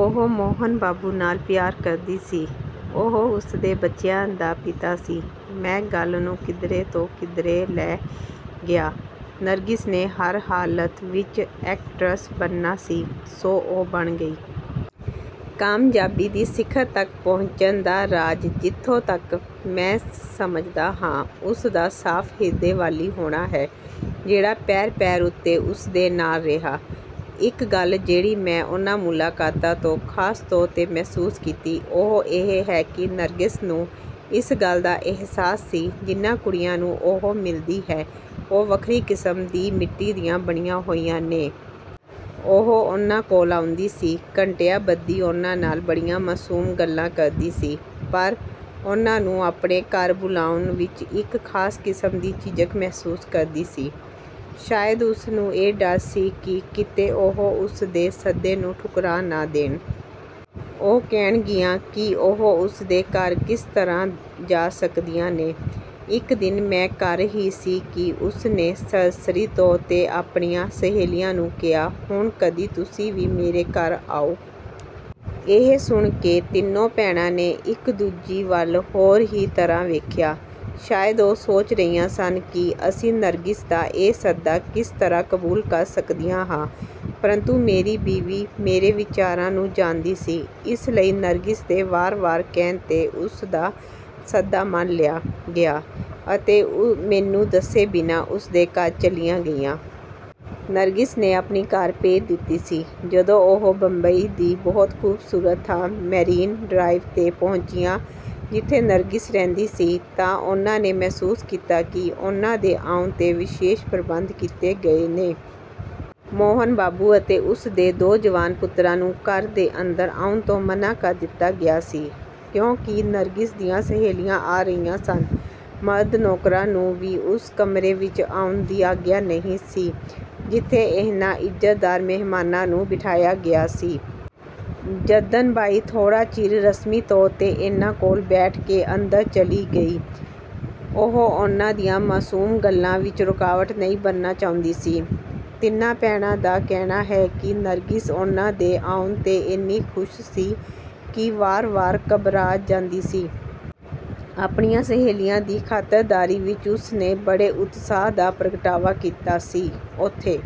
ਉਹ ਮੋਹਨ ਬਾਬੂ ਨਾਲ ਪਿਆਰ ਕਰਦੀ ਸੀ। ਉਹ ਉਸਦੇ ਬੱਚਿਆਂ ਦਾ ਪਿਤਾ ਸੀ। ਮੈਂ ਗੱਲ ਨੂੰ ਕਿੱਧਰੇ ਤੋਂ ਕਿੱਧਰੇ ਲੈ ਗਿਆ। ਨਰਗਿਸ ਨੇ ਹਰ ਹਾਲਤ ਵਿੱਚ ਐਕਟਰਸ ਬਣਨਾ ਸੀ ਸੋ ਉਹ ਬਣ ਗਈ। ਕਾਮਯਾਬੀ ਦੀ ਸਿਖਰ ਤੱਕ ਪਹੁੰਚਣ ਦਾ ਰਾਜ਼ ਜਿੱਥੋਂ ਤੱਕ ਮੈਂ ਸਮਝਦਾ ਹਾਂ ਉਸ ਦਾ ਸਾਫ਼ ਹਿਰਦੇ ਵਾਲੀ ਹੋਣਾ ਹੈ ਜਿਹੜਾ ਪੈਰ ਪੈਰ ਉੱਤੇ ਉਸਦੇ ਨਾਲ ਰਿਹਾ। ਇੱਕ ਗੱਲ ਜਿਹੜੀ ਮੈਂ ਉਨ੍ਹਾਂ ਮੁਲਾਕਾਤਾਂ ਤੋਂ ਖਾਸ ਤੌਰ ਤੇ ਮਹਿਸੂਸ ਕੀਤੀ ਉਹ ਇਹ ਹੈ ਕਿ ਨਰਗਿਸ ਨੂੰ ਇਸ ਗੱਲ ਦਾ ਅਹਿਸਾਸ ਸੀ ਜਿਨ੍ਹਾਂ ਕੁੜੀਆਂ ਨੂੰ ਉਹ ਮਿਲਦੀ ਹੈ ਉਹ ਵੱਖਰੀ ਕਿਸਮ ਦੀ ਮਿੱਟੀ ਦੀਆਂ ਬਣੀਆਂ ਹੋਈਆਂ ਨੇ। ਉਹ ਉਨ੍ਹਾਂ ਕੋਲ ਆਉਂਦੀ ਸੀ ਘੰਟਿਆਂ ਬੱਧੀ ਉਨ੍ਹਾਂ ਨਾਲ ਬੜੀਆਂ ਮਾਸੂਮ ਗੱਲਾਂ ਕਰਦੀ ਸੀ ਪਰ ਉਨ੍ਹਾਂ ਨੂੰ ਆਪਣੇ ਘਰ ਬੁਲਾਉਣ ਵਿੱਚ ਇੱਕ ਖਾਸ ਕਿਸਮ ਦੀ ਝਿਜਕ ਮਹਿਸੂਸ ਕਰਦੀ ਸੀ। ਸ਼ਾਇਦ ਉਸਨੂੰ ਇਹ ਡਰ ਸੀ ਕਿ ਕਿਤੇ ਉਹ ਉਸਦੇ ਸੱਦੇ ਨੂੰ ਠੁਕਰਾ ਨਾ ਦੇਣ। ਉਹ ਕਹਿਣਗੀਆਂ ਕਿ ਉਹ ਉਸਦੇ ਘਰ ਕਿਸ ਤਰ੍ਹਾਂ ਜਾ ਸਕਦੀਆਂ ਨੇ। ਇੱਕ ਦਿਨ ਮੈਂ ਘਰ ਹੀ ਸੀ ਕਿ ਉਸ ਨੇ ਸਰਸਰੀ ਤੌਰ ਤੇ ਆਪਣੀਆਂ ਸਹੇਲੀਆਂ ਨੂੰ ਕਿਹਾ ਹੁਣ ਕਦੀ ਤੁਸੀਂ ਵੀ ਮੇਰੇ ਘਰ ਆਉ। ਇਹ ਸੁਣ ਕੇ ਤਿੰਨੋਂ ਭੈਣਾਂ ਨੇ ਇੱਕ ਦੂਜੀ ਵੱਲ ਹੋਰ ਹੀ ਤਰ੍ਹਾਂ ਵੇਖਿਆ। ਸ਼ਾਇਦ ਉਹ ਸੋਚ ਰਹੀਆਂ ਸਨ ਕਿ ਅਸੀਂ ਨਰਗਿਸ ਦਾ ਇਹ ਸੱਦਾ ਕਿਸ ਤਰ੍ਹਾਂ ਕਬੂਲ ਕਰ ਸਕਦੀਆਂ ਹਾਂ। ਪ੍ਰੰਤੂ ਮੇਰੀ ਬੀਵੀ ਮੇਰੇ ਵਿਚਾਰਾਂ ਨੂੰ ਜਾਣਦੀ ਸੀ ਇਸ ਲਈ ਨਰਗਿਸ ਦੇ ਵਾਰ ਵਾਰ ਕਹਿਣ ਤੇ ਉਸਦਾ ਸੱਦਾ ਮੰਨ ਲਿਆ ਗਿਆ ਅਤੇ ਮੈਨੂੰ ਦੱਸੇ ਬਿਨਾਂ ਉਸਦੇ ਘਰ ਚਲੀਆਂ ਗਈਆਂ। ਨਰਗਿਸ ਨੇ ਆਪਣੀ ਕਾਰ ਭੇਜ ਦਿੱਤੀ ਸੀ। ਜਦੋਂ ਉਹ ਬੰਬਈ ਦੀ ਬਹੁਤ ਖੂਬਸੂਰਤ ਥਾਂ ਮੈਰਿਨ ਡਰਾਈਵ ਤੇ ਪਹੁੰਚੀਆਂ ਜਿੱਥੇ ਨਰਗਿਸ ਰਹਿੰਦੀ ਸੀ ਤਾਂ ਉਨ੍ਹਾਂ ਨੇ ਮਹਿਸੂਸ ਕੀਤਾ ਕਿ ਉਨ੍ਹਾਂ ਦੇ ਆਉਣ ਤੇ ਵਿਸ਼ੇਸ਼ ਪ੍ਰਬੰਧ ਕੀਤੇ ਗਏ ਨੇ। ਮੋਹਨ ਬਾਬੂ ਅਤੇ ਉਸ ਦੇ ਦੋ ਜਵਾਨ ਪੁੱਤਰਾਂ ਨੂੰ ਘਰ ਦੇ ਅੰਦਰ ਆਉਣ ਤੋਂ ਮਨ੍ਹਾ ਕਰ ਦਿੱਤਾ ਗਿਆ ਸੀ ਕਿਉਂਕਿ ਨਰਗਿਸ ਦੀਆਂ ਸਹੇਲੀਆਂ ਆ ਰਹੀਆਂ ਸਨ। ਮਰਦ ਨੌਕਰਾਂ ਨੂੰ ਵੀ ਉਸ ਕਮਰੇ ਵਿੱਚ ਆਉਣ ਦੀ ਆਗਿਆ ਨਹੀਂ ਸੀ ਜਿੱਥੇ ਇਹਨਾਂ ਇੱਜ਼ਤਦਾਰ ਮਹਿਮਾਨਾਂ ਨੂੰ ਬਿਠਾਇਆ ਗਿਆ ਸੀ। ਜੱਦਨ ਬਾਈ ਥੋੜ੍ਹਾ ਚਿਰ ਰਸਮੀ ਤੌਰ ਤੇ ਇਨ੍ਹਾਂ ਕੋਲ ਬੈਠ ਕੇ ਅੰਦਰ ਚਲੀ ਗਈ। ਉਹ ਉਨ੍ਹਾਂ ਦੀਆਂ ਮਾਸੂਮ ਗੱਲਾਂ ਵਿੱਚ ਰੁਕਾਵਟ ਨਹੀਂ ਬਣਨਾ ਚਾਹੁੰਦੀ ਸੀ। ਤਿੰਨਾਂ ਭੈਣਾਂ ਦਾ ਕਹਿਣਾ ਹੈ ਕਿ ਨਰਗਿਸ ਉਨ੍ਹਾਂ ਦੇ ਆਉਣ ਤੇ ਇੰਨੀ ਖੁਸ਼ ਸੀ ਕਿ ਵਾਰ ਵਾਰ ਘਬਰਾ ਜਾਂਦੀ ਸੀ। ਆਪਣੀਆਂ ਸਹੇਲੀਆਂ ਦੀ ਖਾਤਰਦਾਰੀ ਵਿੱਚ ਉਸਨੇ ਬੜੇ ਉਤਸ਼ਾਹ ਦਾ ਪ੍ਰਗਟਾਵਾ ਕੀਤਾ ਸੀ। ਉਥੇ